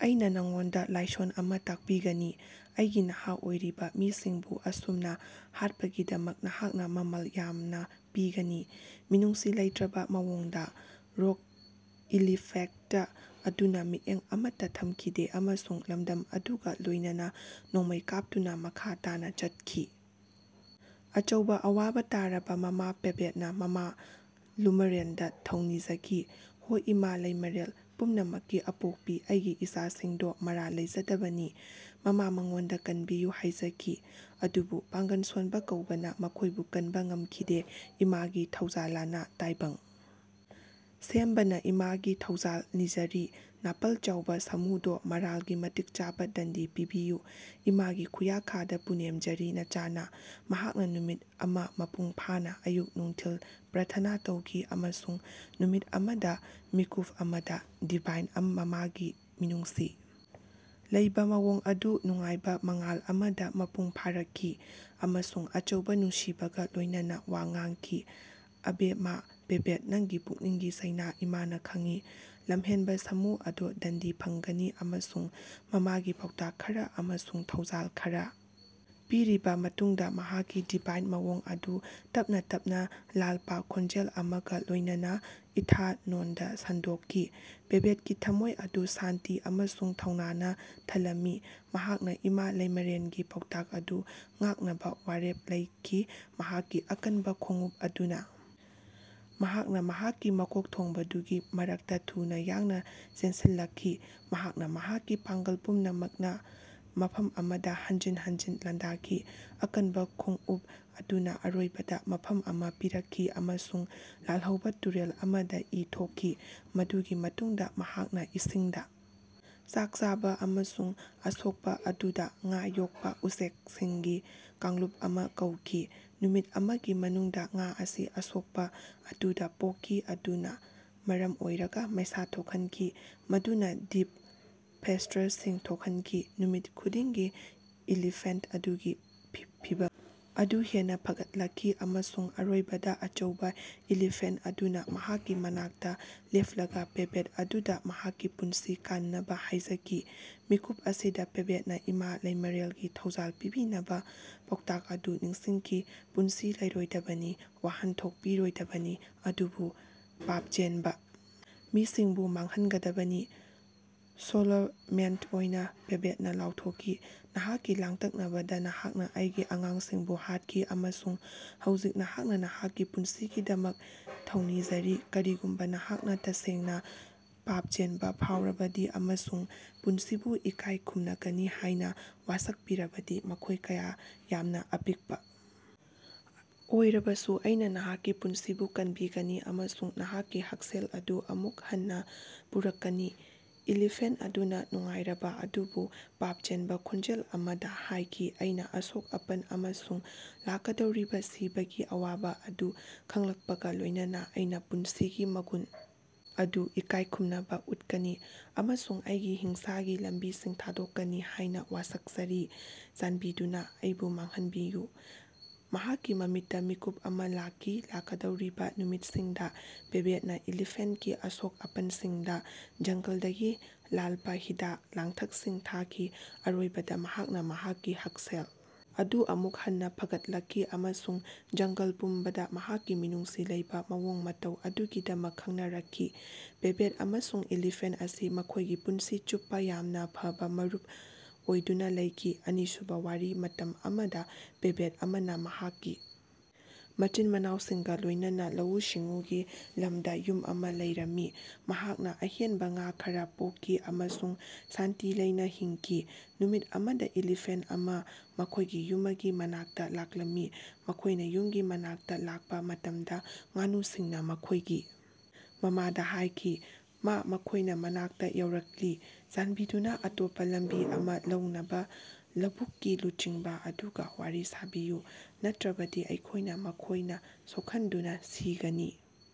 ꯑꯩꯅꯥ ꯅꯉꯣꯟꯗꯥ ꯂꯥꯏꯁꯣꯟ ꯑꯃꯥ ꯇꯥꯛꯄꯤꯒꯅꯤ꯫ ꯑꯩꯒꯤ ꯅꯍꯥ ꯑꯣꯏꯔꯤꯕꯥ ꯃꯤꯁꯤꯡꯕꯨ ꯑꯁꯨꯝꯅꯥ ꯍꯥꯠꯄꯒꯤꯗꯃꯛ ꯅꯍꯥꯛꯅꯥ ꯃꯃꯜ ꯌꯥꯝꯅꯥ ꯄꯤꯒꯅꯤ꯫ ꯃꯤꯅꯨꯡꯁꯤ ꯂꯩꯇ꯭ꯔꯕꯥ ꯃꯑꯣꯡꯗꯥ꯫ ꯔꯣꯒ ꯏꯂꯤꯐꯦꯛꯇ ꯑꯗꯨꯅꯥ ꯃꯤꯠꯌꯦꯡ ꯑꯃꯠꯇꯥ ꯊꯝꯈꯤꯗꯦ ꯑꯃꯁꯨꯡ ꯂꯝꯗꯝ ꯑꯗꯨꯒꯥ ꯂꯣꯏꯅꯅꯥ ꯅꯣꯡꯃꯩ ꯀꯥꯞꯇꯨꯅꯥ ꯃꯈꯥ ꯇꯥꯅꯥ ꯆꯠꯈꯤ꯫ ꯑꯆꯧꯕꯥ ꯑꯋꯥꯕꯥ ꯇꯥꯔꯕꯥ ꯃꯃꯥ ꯄꯦꯕꯦꯠꯅꯥ ꯃꯃꯥ ꯂꯨꯃꯔꯦꯜꯗꯥ ꯊꯧꯅꯤꯖꯈꯤ꯫ ꯍꯣ ꯏꯃꯥ ꯂꯩꯃꯔꯦꯜ ꯄꯨꯝꯅꯥꯃꯛꯀꯤ ꯑꯥꯄꯣꯛꯄꯤ ꯑꯩꯒꯤ ꯏꯆꯥ ꯁꯤꯡꯗꯣ ꯃꯔꯥꯜ ꯂꯩꯖꯗꯕꯅꯤ꯫ ꯃꯥꯃꯥ ꯃꯉꯣꯟꯗꯥ ꯀꯟꯕꯤꯌꯨ ꯍꯥꯏꯖꯥꯈꯤ꯫ ꯑꯗꯨꯕꯨ ꯄꯥꯡꯒꯜ ꯁꯣꯟꯕꯥ ꯀꯧꯕꯅ ꯃꯈꯣꯏꯕꯨ ꯀꯟꯕ ꯉꯝꯈꯤꯗꯦ ꯏꯃꯥ ꯒꯤ ꯊꯧꯖꯥꯂꯅꯥ ꯇꯥꯏꯕꯪ ꯁꯦꯝꯕꯥꯅꯤ ꯏꯃꯥꯒꯤ ꯊꯧꯖꯜ ꯅꯤꯖꯥꯔꯤ꯫ ꯅꯥꯄꯜ ꯆꯧꯕꯥ ꯁꯥꯃꯨꯗꯣ ꯃꯔꯥꯜꯒꯤ ꯃꯇꯤꯛ ꯆꯥꯕ ꯗꯟꯗꯤ ꯄꯤꯕꯤꯌꯨ꯫ ꯏꯃꯥꯒꯤ ꯈꯨꯌꯥꯈꯥꯗꯥ ꯄꯨꯅꯦꯝꯖꯔꯤ ꯅꯆꯥꯅꯥ꯫ ꯃꯍꯥꯛꯅꯥ ꯅꯨꯃꯤꯠ ꯑꯃꯥ ꯃꯄꯨꯡ ꯐꯥꯅꯥ ꯑꯌꯨꯛ ꯅꯨꯡꯊꯤꯜ ꯄ꯭ꯔꯥꯊꯅꯥ ꯇꯧꯈꯤ ꯑꯃꯁꯨꯡ ꯅꯨꯃꯤꯠ ꯑꯃꯗꯥ ꯃꯤꯠꯀꯨꯞ ꯑꯃꯗꯥ ꯗꯤꯚꯥꯏꯟ ꯃꯃꯥꯒꯤ ꯃꯤꯅꯨꯡꯁꯤ ꯂꯩꯕꯥ ꯃꯑꯣꯡ ꯑꯗꯨ ꯅꯨꯡꯉꯥꯏꯕꯥ ꯃꯉꯥꯜ ꯑꯃꯗꯥ ꯃꯄꯨꯡ ꯐꯥꯔꯛꯈꯤ ꯑꯃꯁꯨꯡ ꯑꯆꯧꯕꯥ ꯅꯨꯡꯁꯤꯕꯒꯥ ꯂꯣꯏꯅꯅꯥ ꯋꯥ ꯉꯥꯡꯈꯤ꯫ ꯑꯕꯦꯃꯥ ꯄꯦꯕꯦꯠ ꯅꯪꯒꯤ ꯄꯨꯛꯅꯤꯡꯒꯤ ꯆꯩꯅꯥ ꯏꯃꯥꯅꯥ ꯈꯪꯏ꯫ ꯂꯝꯍꯦꯟꯕꯥ ꯁꯥꯃꯨ ꯑꯗꯣ ꯗꯟꯗꯤ ꯐꯪꯒꯅꯤ ꯑꯃꯁꯨꯡ ꯃꯃꯥꯒꯤ ꯄꯥꯎꯇꯥꯛ ꯈꯔꯥ ꯑꯃꯁꯨꯡ ꯊꯧꯖꯥꯜ ꯈꯔꯥ ꯄꯤꯔꯕꯥ ꯃꯇꯨꯡꯗꯥ ꯃꯍꯥꯛꯀꯤ ꯗꯤꯚꯥꯏꯟ ꯃꯑꯣꯡ ꯑꯗꯨ ꯇꯞꯅꯥ ꯇꯞꯅꯥ ꯂꯥꯜꯄꯥ ꯈꯣꯟꯖꯦꯜ ꯑꯃꯒꯥ ꯂꯣꯏꯅꯅꯥ ꯏꯊꯥꯅꯣꯜꯗꯥ ꯁꯟꯗꯣꯛꯈꯤ꯫ ꯄꯦꯕꯦꯠꯀꯤ ꯊꯝꯃꯣꯏ ꯑꯗꯨ ꯁꯥꯟꯇꯤ ꯑꯃꯁꯨꯡ ꯊꯧꯅꯥꯅ ꯊꯜꯂꯝꯃꯤ꯫ ꯃꯍꯥꯛꯅꯥ ꯏꯃꯥ ꯂꯩꯃꯦꯔꯦꯜꯒꯤ ꯄꯥꯎꯇꯥꯛ ꯑꯗꯨ ꯉꯥꯛꯅꯕꯥ ꯋꯥꯔꯦꯞ ꯂꯩꯈꯤ꯫ ꯃꯍꯥꯛꯀꯤ ꯑꯀꯟꯕꯥ ꯈꯣꯡꯎꯞ ꯑꯗꯨꯅꯥ ꯃꯍꯥꯛꯅꯥ ꯃꯍꯥꯛꯀꯤ ꯃꯀꯣꯛꯊꯣꯡꯕꯗꯨꯒꯤ ꯃꯔꯛꯇꯥ ꯊꯨꯅꯥ ꯌꯥꯡꯅꯥ ꯆꯦꯟꯁꯤꯜꯂꯛꯈꯤ꯫ ꯃꯍꯥꯛꯅꯥ ꯃꯍꯥꯛꯀꯤ ꯄꯥꯡꯒꯜ ꯄꯨꯝꯅꯃꯛꯅꯥ ꯃꯐꯝ ꯑꯃꯗꯥ ꯍꯟꯖꯤꯟ ꯍꯟꯖꯤꯟ ꯂꯥꯟꯗꯥꯈꯤ꯫ ꯑꯀꯟꯕꯥ ꯈꯣꯡꯎꯞ ꯑꯗꯨꯅꯥ ꯑꯔꯣꯏꯕꯗꯥ ꯃꯐꯝ ꯑꯃꯥ ꯄꯤꯔꯛꯈꯤ ꯑꯃꯁꯨꯡ ꯂꯥꯜꯍꯧꯕꯥ ꯇꯨꯔꯦꯜ ꯑꯃꯗꯥ ꯏ ꯊꯣꯛꯈꯤ꯫ ꯃꯗꯨꯒꯤ ꯃꯇꯨꯡꯗꯥ ꯃꯍꯥꯛꯅꯥ ꯏꯁꯤꯡꯗꯥ ꯆꯥꯛ ꯆꯥꯕꯥ ꯑꯃꯁꯨꯡ ꯑꯁꯣꯛꯄꯥ ꯑꯗꯨꯗꯥ ꯉꯥ ꯌꯣꯛꯄꯥ ꯎꯆꯦꯛꯁꯤꯡꯒꯤ ꯀꯥꯡꯂꯨꯞ ꯑꯃꯥ ꯀꯧꯈꯤ꯫ ꯅꯨꯃꯤꯠ ꯑꯃꯒꯤ ꯃꯅꯨꯡꯗꯥ ꯉꯥ ꯑꯁꯤ ꯑꯁꯣꯛꯄꯥ ꯑꯗꯨꯗꯥ ꯄꯣꯛꯈꯤ ꯃꯗꯨꯅꯥ ꯃꯔꯝ ꯑꯣꯏꯔꯒꯥ ꯃꯩꯁꯥ ꯊꯣꯛꯍꯟꯈꯤ ꯃꯗꯨꯅꯥ ꯗꯤꯞ ꯐꯦꯁꯇ꯭ꯔꯦꯁꯤꯡ ꯊꯣꯛꯍꯟꯈꯤ꯫ ꯅꯨꯃꯤꯠ ꯈꯨꯗꯤꯡꯒꯤ ꯏꯂꯤꯐꯦꯟꯠ ꯑꯗꯨꯒꯤ ꯐꯤꯚꯝ ꯑꯗꯨ ꯍꯦꯟꯅꯥ ꯐꯒꯠꯂꯛꯈꯤ ꯑꯃꯁꯨꯡ ꯑꯔꯣꯏꯕꯗꯥ ꯑꯆꯧꯕꯥ ꯏꯂꯤꯐꯦꯟꯠ ꯑꯗꯨꯅꯥ ꯃꯍꯥꯛꯀꯤ ꯃꯅꯥꯛꯇꯥ ꯂꯦꯞꯂꯒꯥ ꯄꯦꯕꯦꯠ ꯑꯗꯨꯗꯥ ꯃꯍꯥꯛꯀꯤ ꯄꯨꯟꯁꯤ ꯀꯟꯅꯕꯥ ꯍꯥꯏꯖꯈꯤ꯫ ꯃꯤꯀꯨꯞ ꯑꯁꯤꯗꯥ ꯄꯦꯕꯦꯠꯅꯥ ꯏꯃꯥ ꯂꯩꯃꯔꯦꯜꯒꯤ ꯊꯧꯖꯥꯜ ꯄꯤꯕꯤꯅꯕꯥ ꯄꯥꯎꯇꯥꯛ ꯑꯗꯨ ꯅꯤꯡꯁꯤꯡꯈꯤ ꯄꯨꯟꯁꯤ ꯂꯧꯔꯣꯏꯗꯕꯅꯤ ꯋꯥꯍꯟꯊꯣꯛ ꯄꯤꯔꯣꯏꯗꯕꯅꯤ ꯑꯗꯨꯕꯨ ꯄꯥꯞꯆꯦꯟꯕꯥ ꯃꯤꯁꯤꯡꯕꯨ ꯃꯥꯡꯍꯟꯒꯗꯕꯅꯤ꯫ ꯁꯣꯂꯣꯃꯦꯟ ꯑꯣꯏꯅꯥ ꯄꯦꯕꯦꯠꯅꯥ ꯂꯥꯎꯊꯣꯛꯈꯤ ꯅꯍꯥꯛꯀꯤ ꯂꯥꯡꯇꯛꯅꯕꯗꯥ ꯅꯍꯥꯛꯅꯥ ꯑꯩꯒꯤ ꯑꯉꯥꯡꯁꯤꯡꯕꯨ ꯍꯥꯠꯈꯤ ꯑꯃꯁꯨꯡ ꯍꯧꯖꯤꯛ ꯅꯍꯥꯛꯅꯥ ꯅꯍꯥꯛꯀꯤ ꯄꯨꯟꯁꯤꯒꯤꯗꯃꯛ ꯊꯧꯅꯤꯖꯔꯤ ꯀꯔꯤꯒꯨꯝꯕꯥ ꯅꯍꯥꯛꯅꯥ ꯇꯁꯦꯡꯅꯥ ꯄꯥꯞꯆꯦꯟꯕꯥ ꯐꯥꯎꯔꯕꯗꯤ ꯑꯃꯁꯨꯡ ꯄꯨꯟꯁꯤꯕꯨ ꯏꯀꯥꯏ ꯈꯨꯝꯅꯒꯅꯤ ꯍꯥꯏꯅꯥ ꯋꯥꯁꯛꯄꯤꯔꯕꯗꯤ ꯃꯈꯣꯏ ꯀꯌꯥ ꯌꯥꯝꯅꯥ ꯑꯄꯤꯛꯄꯥ ꯑꯣꯏꯔꯕꯁꯨ ꯑꯩꯅꯥ ꯅꯍꯥꯛꯀꯤ ꯄꯨꯟꯁꯤꯕꯨ ꯀꯟꯕꯤꯒꯅꯤ ꯑꯃꯁꯨꯡ ꯅꯍꯥꯛꯀꯤ ꯍꯛꯁꯦꯜ ꯑꯗꯨ ꯑꯃꯨꯛ ꯍꯟꯅꯥ ꯄꯨꯔꯛꯀꯅꯤ꯫ ꯏꯂꯤꯐꯦꯟꯠ ꯑꯗꯨꯅꯥ ꯅꯨꯡꯉꯥꯏꯔꯕꯥ ꯑꯗꯨꯕꯨ ꯄꯥꯞꯆꯦꯟꯕꯥ ꯈꯣꯟꯖꯦꯜ ꯑꯃꯗꯥ ꯍꯥꯏꯈꯤ ꯑꯩꯅꯥ ꯑꯁꯣꯛ ꯑꯄꯟ ꯑꯃꯁꯨꯡ ꯂꯥꯛꯀꯗꯧꯔꯤꯕꯥ ꯁꯤꯕꯒꯤ ꯑꯋꯥꯕꯥ ꯑꯗꯨ ꯈꯪꯂꯛꯄꯒꯥ ꯂꯣꯏꯅꯅꯥ ꯑꯩꯅꯥ ꯄꯨꯟꯁꯤꯒꯤ ꯃꯒꯨꯟ ꯑꯗꯨ ꯏꯀꯥꯏꯈꯨꯝꯅꯕꯥ ꯎꯠꯀꯅꯤ ꯑꯃꯁꯨꯡ ꯑꯩꯒꯤ ꯍꯤꯡꯁꯥꯒꯤ ꯂꯝꯕꯤꯁꯤꯡ ꯊꯥꯗꯣꯛꯀꯅꯤ ꯍꯥꯏꯅꯥ ꯋꯥꯁꯛꯆꯔꯤ ꯆꯥꯟꯕꯤꯗꯨꯅꯥ ꯑꯩꯕꯨ ꯃꯥꯡꯍꯟꯕꯤꯌꯨ꯫ ꯃꯍꯥꯛꯀꯤ ꯃꯃꯤꯠꯇꯥ ꯃꯤꯠꯀꯨꯞ ꯑꯃꯥ ꯂꯥꯛꯈꯤ ꯂꯥꯛꯀꯗꯧꯔꯤꯕꯥ ꯅꯨꯃꯤꯠꯁꯤꯡꯗꯥ ꯄꯦꯕꯦꯠꯅꯥ ꯏꯂꯤꯐꯦꯟꯠꯀꯤ ꯑꯁꯣꯛ ꯑꯄꯟꯁꯤꯡꯗꯥ ꯖꯪꯒꯜꯗꯒꯤ ꯂꯥꯜꯄꯥ ꯍꯤꯗꯥ ꯂꯥꯡꯊꯛꯁꯤꯡ ꯊꯥꯈꯤ꯫ ꯑꯔꯣꯏꯕꯗꯥ ꯃꯍꯥꯛꯅꯥ ꯃꯍꯥꯛꯀꯤ ꯍꯛꯁꯦꯜ ꯑꯗꯨ ꯑꯃꯨꯛ ꯍꯟꯅꯥ ꯐꯒꯠꯂꯛꯈꯤ ꯑꯃꯁꯨꯡ ꯖꯪꯒꯜ ꯄꯨꯝꯕꯗꯥ ꯃꯍꯥꯛꯀꯤ ꯃꯤꯅꯨꯡꯁꯤ ꯂꯩꯕꯥ ꯃꯑꯣꯡ ꯃꯇꯧ ꯑꯗꯨꯒꯤꯗꯃꯛ ꯈꯪꯅꯔꯛꯈꯤ꯫ ꯄꯦꯕꯦꯠ ꯑꯃꯁꯨꯡ ꯏꯂꯤꯐꯦꯟꯠ ꯑꯁꯤ ꯃꯈꯣꯏꯒꯤ ꯄꯨꯟꯁꯤ ꯆꯨꯞꯄꯥ ꯌꯥꯝꯅꯥ ꯐꯕꯥ ꯃꯔꯨꯞ ꯑꯣꯏꯗꯨꯅꯥ ꯂꯩꯈꯤ꯫ ꯑꯅꯤꯁꯨꯕ ꯋꯥꯔꯤ ꯃꯇꯝ ꯑꯃꯗꯥ ꯄꯦꯕꯦꯠ ꯑꯃꯅꯥ ꯃꯍꯥꯛꯀꯤ ꯃꯆꯤꯟ ꯃꯅꯥꯎꯁꯤꯡꯒꯥ ꯂꯣꯏꯅꯅꯥ ꯂꯧꯎ ꯁꯤꯡꯎꯒꯤ ꯂꯝꯗꯥ ꯌꯨꯝ ꯑꯃꯥ ꯂꯩꯔꯝꯃꯤ꯫ ꯃꯍꯥꯛꯅꯥ ꯑꯍꯦꯟꯕꯥ ꯉꯥ ꯈꯔꯥ ꯄꯣꯛꯈꯤ ꯑꯃꯁꯨꯡ ꯁꯥꯟꯇꯤ ꯂꯩꯅꯥ ꯍꯤꯡꯈꯤ꯫ ꯅꯨꯃꯤꯠ ꯑꯃꯗꯥ ꯏꯂꯤꯐꯦꯟꯠ ꯑꯃꯥ ꯃꯈꯣꯏꯒꯤ ꯌꯨꯃꯒꯤ ꯃꯅꯥꯛꯇꯥ ꯂꯥꯛꯂꯝꯃꯤ꯫ ꯃꯈꯣꯏꯅꯥ ꯌꯨꯝꯒꯤ ꯃꯅꯥꯛꯇꯥ ꯂꯥꯛꯄꯥ ꯃꯇꯝꯗꯥ ꯉꯥꯅꯨꯁꯤꯡꯅꯥ ꯃꯈꯣꯏꯒꯤ ꯃꯃꯥꯗꯥ ꯍꯥꯌꯈꯤ ꯃꯥ ꯃꯈꯣꯏꯅꯥ ꯃꯅꯥꯛꯇꯥ ꯌꯧꯔꯛꯂꯤ ꯆꯥꯟꯕꯤꯗꯨꯅꯥ ꯑꯇꯣꯞꯄꯥ ꯂꯝꯕꯤ ꯑꯃꯥ ꯂꯧꯅꯕꯥ ꯂꯧꯕꯨꯛꯀꯤ ꯂꯨꯆꯤꯡꯕꯥ ꯑꯗꯨꯒꯥ ꯋꯥꯔꯤ ꯁꯥꯕꯤꯌꯨ ꯅꯠꯇ꯭ꯔꯕꯗꯤ ꯑꯩꯈꯣꯏꯅꯥ ꯃꯈꯣꯏꯅꯥ ꯁꯣꯛꯍꯟꯗꯨꯅꯥ ꯁꯤꯒꯅꯤ꯫